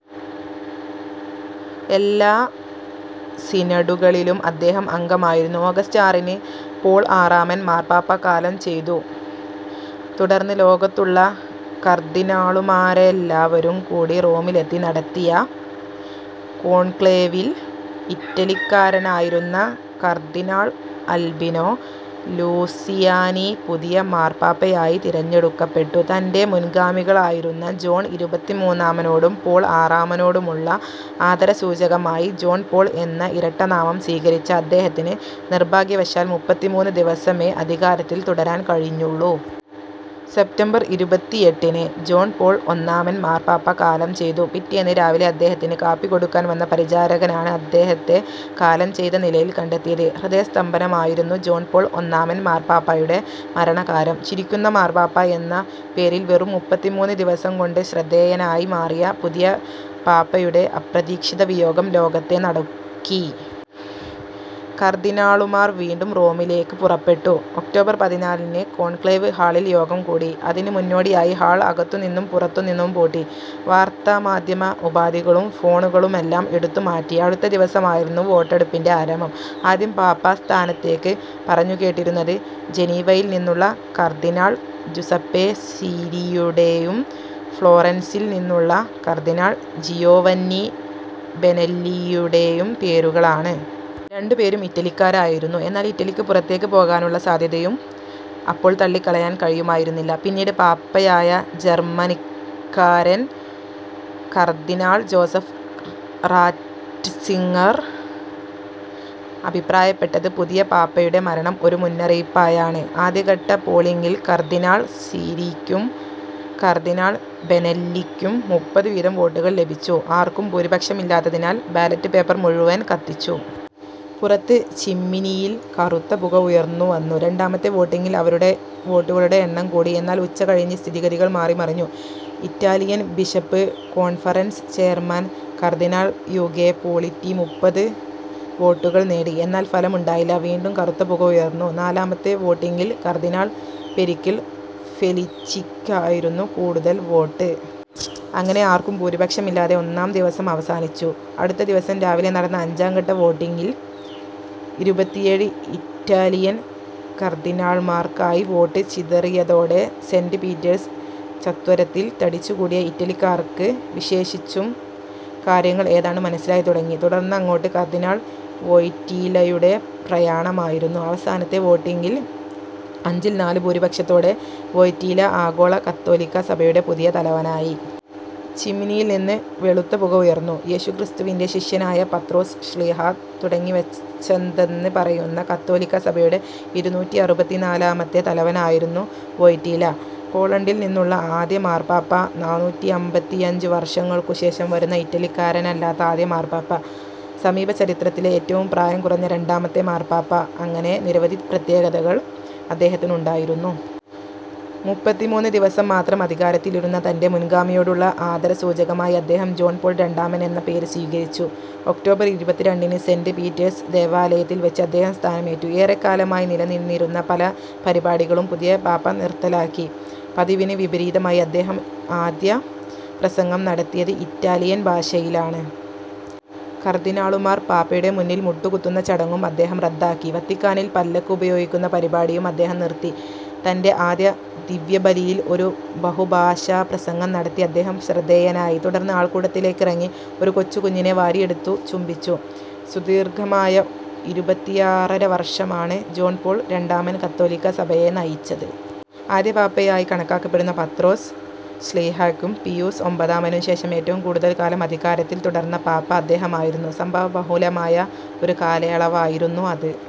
എല്ലാ സിനഡുകളിലും അദ്ദേഹം അംഗമായിരുന്നു. ഓഗസ്റ്റ് ആറിന് പോൾ ആറാമൻ മാർപ്പാപ്പ കാലം ചെയ്തു. തുടർന്ന് ലോകത്തുള്ള കർദ്ദിനാളുമാരെല്ലാവരും കൂടി റോമിലെത്തി നടത്തിയ കോൺക്ലേവിൽ ഇറ്റലിക്കാരനായിരുന്ന കർദ്ദിനാൾ അൽബിനോ ലൂസിയാനി പുതിയ മാർപ്പാപ്പയായി തിരഞ്ഞെടുക്കപ്പെട്ടു. തന്റെ മുൻഗാമികളായിരുന്ന ജോൺ ഇരുപത്തിമൂന്നാമനോടും പോൾ ആറാമനോടുമുള്ള ആദരസൂചകമായി 'ജോൺ പോൾ' എന്ന ഇരട്ടനാമം സ്വീകരിച്ച അദ്ദേഹത്തിന്, നിർഭാഗ്യവശാൽ മുപ്പത്തിമൂന്ന് ദിവസമേ അധികാരത്തിൽ തുടരാൻ കഴിഞ്ഞുള്ളൂ. സെപ്റ്റംബർ ഇരുപത്തിഎട്ടിന് ജോൺ പോൾ ഒന്നാമൻ മാർപ്പാപ്പ കാലം ചെയ്തു. പിറ്റേന്ന് രാവിലെ അദ്ദേഹത്തിന് കാപ്പി കൊടുക്കാൻ വന്ന പരിചാരകനാണ് അദ്ദേഹത്തെ കാലം ചെയ്ത നിലയിൽ കണ്ടെത്തിയത്. ഹൃദയസ്തംഭനമായിരുന്നു ജോൺ പോൾ ഒന്നാമൻ മാർപ്പാപ്പയുടെ മരണകാരണം. 'ചിരിയ്ക്കുന്ന മാർപ്പാപ്പ' എന്ന പേരിൽ വെറും മുപ്പത്തിമൂന്ന് ദിവസം കൊണ്ട് ശ്രദ്ധേയനായി മാറിയ പുതിയ പാപ്പയുടെ അപ്രതീക്ഷിതവിയോഗം ലോകത്തെ നടുക്കി. കർദ്ദിനാളുമാർ വീണ്ടും റോമിലേയ്ക്ക് പുറപ്പെട്ടു. ഒക്ടോബർ പതിനാലിന് കോൺക്ലേവ് ഹാളിൽ യോഗം കൂടി. അതിന് മുന്നോടിയായി ഹാൾ അകത്തുനിന്നും പുറത്തുനിന്നും പൂട്ടി. വാർത്താമാധ്യമ ഉപാധികളും ഫോണുകളുമെല്ലാം എടുത്തുമാറ്റി. അടുത്ത ദിവസമായിരുന്നു വോട്ടെടുപ്പിന്റെ ആരംഭം. ആദ്യം പാപ്പാസ്ഥാനത്തേയ്ക്ക് പറഞ്ഞുകേട്ടിരുന്നത് ജനീവയിൽ നിന്നുള്ള കർദ്ദിനാൾ ജുസപ്പേ സീരിയുടെയും ഫ്ലോറൻസിൽ നിന്നുള്ള കർദ്ദിനാൾ ജിയോവന്നി ബെനെല്ലിയുടെയും പേരുകളാണ്. രണ്ടുപേരും ഇറ്റലിക്കാരായിരുന്നു. എന്നാൽ, ഇറ്റലിയ്ക്ക് പുറത്തേയ്ക്ക് പോകാനുള്ള സാധ്യതയും അപ്പോൾ തള്ളിക്കളയാൻ കഴിയുമായിരുന്നില്ല. പിന്നീട് പാപ്പയായ ജർമ്മനിക്കാരൻ കർദ്ദിനാൾ ജോസഫ് റാറ്റ്സിങ്ങർ അഭിപ്രായപ്പെട്ടത് പുതിയ പാപ്പയുടെ മരണം ഒരു മുന്നറിയിപ്പായാണ്. ആദ്യഘട്ട പോളിങ്ങിൽ കർദ്ദിനാൾ സീരിയ്ക്കും കർദ്ദിനാൾ ബെനെല്ലിയ്ക്കും മുപ്പത് വീതം വോട്ടുകൾ ലഭിച്ചു. ആർക്കും ഭൂരിപക്ഷമില്ലാത്തതിനാൽ ബാലറ്റ് പേപ്പർ മുഴുവൻ കത്തിച്ചു. പുറത്ത് ചിമ്മിനിയിൽ കറുത്ത പുക ഉയർന്നുവന്നു. രണ്ടാമത്തെ വോട്ടിങ്ങിൽ അവരുടെ വോട്ടുകളുടെ എണ്ണം കൂടി. എന്നാൽ ഉച്ചകഴിഞ്ഞ് സ്ഥിതിഗതികൾ മാറിമറിഞ്ഞു. Italian bishop conference chairman cardinal Ugo Poletti മുപ്പത് വോട്ടുകൾ നേടി. എന്നാൽ, ഫലമുണ്ടായില്ല. വീണ്ടും കറുത്ത പുക ഉയർന്നു. നാലാമത്തെ വോട്ടിങ്ങിൽ കർദ്ദിനാൾ പെരിക്കിൾ ഫെലിച്ചിയ്ക്കായിരുന്നു കൂടുതൽ വോട്ട്. അങ്ങനെ ആർക്കും ഭൂരിപക്ഷമില്ലാതെ ഒന്നാം ദിവസം അവസാനിച്ചു. അടുത്ത ദിവസം രാവിലെ നടന്ന അഞ്ചാം ഘട്ട വോട്ടിങ്ങിൽ ഇരുപത്തിഏഴ് ഇറ്റാലിയൻ കർദ്ദിനാൾമാർക്കായി വോട്ട് ചിതറിയതോടെ സെന്റ് പീറ്റേഴ്സ് ചത്വരത്തിൽ തടിച്ചുകൂടിയ ഇറ്റലിക്കാർക്ക് വിശേഷിച്ചും കാര്യങ്ങൾ ഏതാണ്ട് മനസ്സിലായിത്തുടങ്ങി. തുടർന്നങ്ങോട്ട് കർദ്ദിനാൾ വോയ്റ്റീലയുടെ പ്രയാണമായിരുന്നു. അവസാനത്തെ വോട്ടിങ്ങിൽ അഞ്ചിൽ നാല് ഭൂരിപക്ഷത്തോടെ വോയ്റ്റീല ആഗോള കത്തോലിക്കാസഭയുടെ പുതിയ തലവനായി. ചിമ്മിനിയിൽ നിന്ന് വെളുത്ത പുക ഉയർന്നു. യേശുക്രിസ്തുവിന്റെ ശിഷ്യനായ പത്രോസ് ശ്ലീഹാ തുടങ്ങിവച്ചതെന്ന് പറയുന്ന കത്തോലിക്കാസഭയുടെ ഇരുന്നൂറ്റിഅറുപത്തിനാലാമത്തെ തലവനായിരുന്നു വോയ്റ്റീല. പോളണ്ടിൽ നിന്നുള്ള ആദ്യ മാർപ്പാപ്പ, നാനൂറ്റിഅമ്പത്തിയഞ്ചു വർഷങ്ങൾക്കുശേഷം വരുന്ന ഇറ്റലിക്കാരനല്ലാത്ത ആദ്യ മാർപ്പാപ്പ, സമീപ ചരിത്രത്തിലെ ഏറ്റവും പ്രായം കുറഞ്ഞ രണ്ടാമത്തെ മാർപ്പാപ്പ അങ്ങനെ നിരവധി പ്രത്യേകതകൾ അദ്ദേഹത്തിനുണ്ടായിരുന്നു. മുപ്പത്തിമൂന്ന് ദിവസം മാത്രം അധികാരത്തിലിരുന്ന തന്റെ മുൻഗാമിയോടുള്ള ആദരസൂചകമായി അദ്ദേഹം ജോൺ പോൾ രണ്ടാമൻ എന്ന പേര് സ്വീകരിച്ചു. ഒക്ടോബർ ഇരുപത്തിരണ്ടിന് സെന്റ് പീറ്റേഴ്സ് ദേവാലയത്തിൽ വച്ച് അദ്ദേഹം സ്ഥാനമേറ്റു. ഏറെക്കാലമായി നിലനിന്നിരുന്ന പല പരിപാടികളും പുതിയ പാപ്പ നിർത്തലാക്കി. പതിവിന് വിപരീതമായി അദ്ദേഹം ആദ്യ പ്രസംഗം നടത്തിയത് ഇറ്റാലിയൻ ഭാഷയിലാണ്. കർദ്ദിനാളുമാർ പാപ്പയുടെ മുന്നിൽ മുട്ടുകുത്തുന്ന ചടങ്ങും അദ്ദേഹം റദ്ദാക്കി. വത്തിക്കാനിൽ പല്ലക്ക് ഉപയോഗിക്കുന്ന പരിപാടിയും അദ്ദേഹം നിർത്തി. തന്റെ ആദ്യ ദിവ്യബലിയിൽ ഒരു ബഹുഭാഷാപ്രസംഗം നടത്തി അദ്ദേഹം ശ്രദ്ധേയനായി. തുടർന്ന് ആൾക്കൂട്ടത്തിലേക്കിറങ്ങി ഒരു കൊച്ചുകുഞ്ഞിനെ വാരിയെടുത്ത് ചുംബിച്ചു. സുദീർഘമായ ഇരുപത്തിയാറര വർഷമാണ് ജോൺ പോൾ രണ്ടാമൻ കത്തോലിക്കാ സഭയെ നയിച്ചത്. ആദ്യ പാപ്പയായി കണക്കാക്കപ്പെടുന്ന പത്രോസ് ശ്ലീഹായ്ക്കും, പീയൂസ് ഒമ്പതാമനും ശേഷം ഏറ്റവും കൂടുതൽ കാലം അധികാരത്തിൽ തുടർന്ന പാപ്പ അദ്ദേഹമായിരുന്നു. സംഭവബഹുലമായ ഒരു കാലയളവായിരുന്നു അത്.